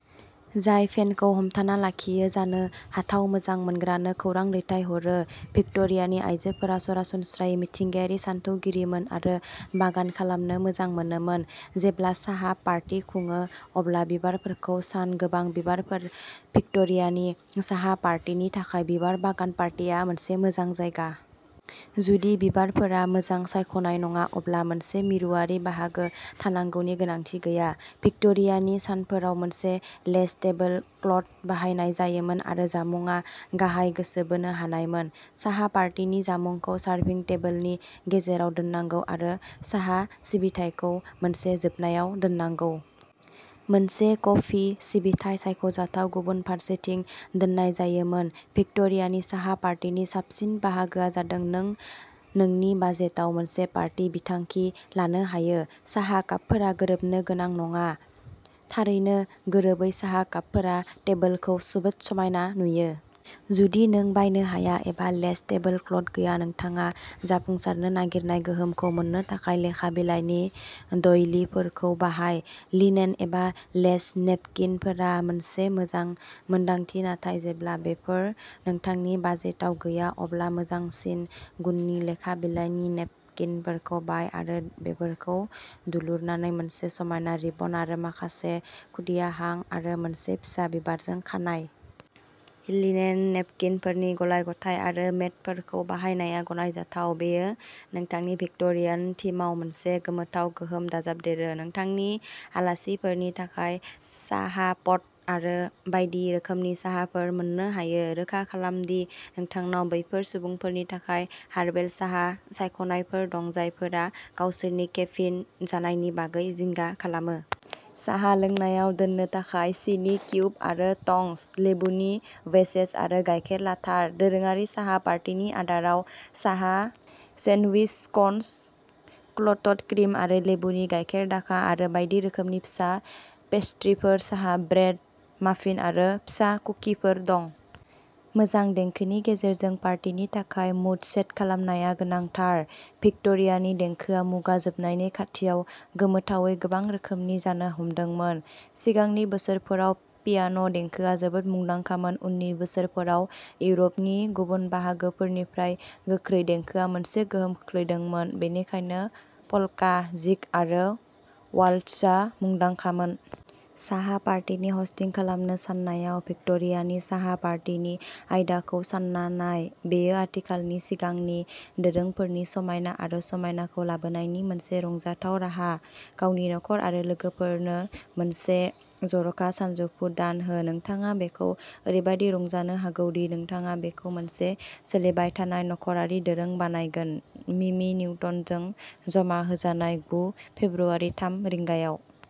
जाय फेनखौ हमथाना लाखियो जानो हाथाव मोजां मोनग्रानो खौरां दैथायहरो। भिक्ट'रियानि आइजोफोरा सरासनस्रायै मिथिंगायारि सानथौगिरिमोन आरो बागान खालामनो मोजां मोनोमोन। जेब्ला साहा पार्टी खुङो अब्ला बिबारफोरखौ सान गोबां बिबारफोर भिक्ट'रियानि साहा पार्टीनि थाखाय बिबार बागान पार्टीआ मोनसे मोजां जायगा। जुदि बिबारफोरा मोनसे सायख'नाय नङा अब्ला मोनसे मिरुआरि बाहागो थानांगौनि गोनांथि गैया। भिक्ट'रियानि सानफोराव मोनसे लेस टेबोलक्लथ बाहायनाय जायोमोन आरो जामुंआ गाहाय गोसो बोनो हानायमोन। साहा पार्टीनि जामुंखौ सारभिं टेबोलनि गेजेराव दोननांगौ आरो साहा सिबिथायखौ मोनसे जोबनायाव दोननांगौ। मोनसे कफि सिबिथाइ, सायख'जाथाव, गुबुन फारसेथिं दोननाय जायोमोन। भिक्ट'रियानि साहा पार्टीनि साबसिन बाहागोआ जादों नों नोंनि बाजेटआव मोनसे पार्टी बिथांखि लानो हायो। साहा कापफोरा गोरोबनो गोनां नङा। थारैनो गोरोबै साहा कापफोरा टेबोलखौ जोबोद समायना नुयो। जुदि नों बायनो हाया एबा लेस टेबोलक्लथ गैया नोंथाङा जाफुंसारनो नागिरनाय गोहोमखौ मोन्नो थाखाय लेखा बिलाइनि डइलिफोरखौ बाहाय। लिनेन एबा लेस नेपकिनफोरा मोनसे मोजां मोनदांथि नाथाय जेब्ला बेफोर नोंथांनि बाजेटाव गैया अब्ला मोजांसिन गुननि लेखा बिलाइनि नेपकिनफोरखौ बाय आरो बेफोरखौ दुलुरनानै मोनसे समायना रिबन आरो माखासे खुदिया हां आरो मोनसे फिसा बिबारजों खानाय। लिनेन नेपकिनफोरनि गलाय-गथाय आरो मेटफोरखौ बाहायनाया गनायजाथाव। बेयो नोंथांनि भिक्ट'रियान थीमआव मोनसे गोमोथाव गोहोम दाजाबदेरो। नोंथांनि आलासिफोरनि थाखाय साहाप'ट आरो बायदि रोखोमनि साहाफोर मोन्नो हायो। रोखा खालाम दि नोंथांनाव बैफोर सुबुंफोरनि थाखाय हार्बेल साहा सायख'नायफोर दं जायफोरा गावसोरनि केफिन जानायनि बागै जिंगा खालामो। साहा लोंनायाव दोननो थाखाय सिनि किउब आरो टंस, लेबुनि वेजेस आरो गायखेर लाथार। दोरोङारि साहा पार्टिनि आदाराव साहा सेन्डविच, स्कन्स, क्ल'ट्ड क्रिम आरो लेबुनि गाइखेरदाखा आरो बायदि रोखोमनि फिसा पेस्ट्रीफोर साहा ब्रेड, माफिन आरो फिसा कुकिफोर दं। मोजां देंखोनि गेजेरजों पार्टिनि थाखाय मुड सेट खालामनाया गोनांथार। भिक्ट'रियानि देंखोआ मुगा जोबनायनि खाथियाव गोमोथावै गोबां रोखोमनि जानो हमदोंमोन। सिगांनि बोसोरफोराव पियान' देंखोआ जोबोद मुंदांखामोन। उननि बोसोरफोराव, इउर'पनि गुबुन बाहागोफोरनिफ्राय गोख्रै देंखोआ मोनसे गोहोम खोख्लैदोंमोन, बेनिखायनो पल्का, जिग आरो वाल्ट्जआ मुंदांखामोन। साहा पार्टिनि हस्टिं खालामनो साननायाव, भिक्ट'रियानि साहा पार्टिनि आयदाखौ सान्ना नाय। बेयो आथिखालनि सिगांनि दोरोंफोरनि समायना आरो समायनाखौ लाबोनायनि मोनसे रंजाथाव राहा। गावनि न'खर आरो लोगोफोरनो मोनसे जर'खा सानजौफु दान हो। नोंथाङा बेखौ ओरैबादि रंजानो हागौ दि नोंथाङा बेखौ मोनसे सोलिबाय थानाय नख'रारि दोरों बानायगोन। मिमि निउटनजों जमा होजानाय, गु फेब्रुआरि थाम रिंगायाव।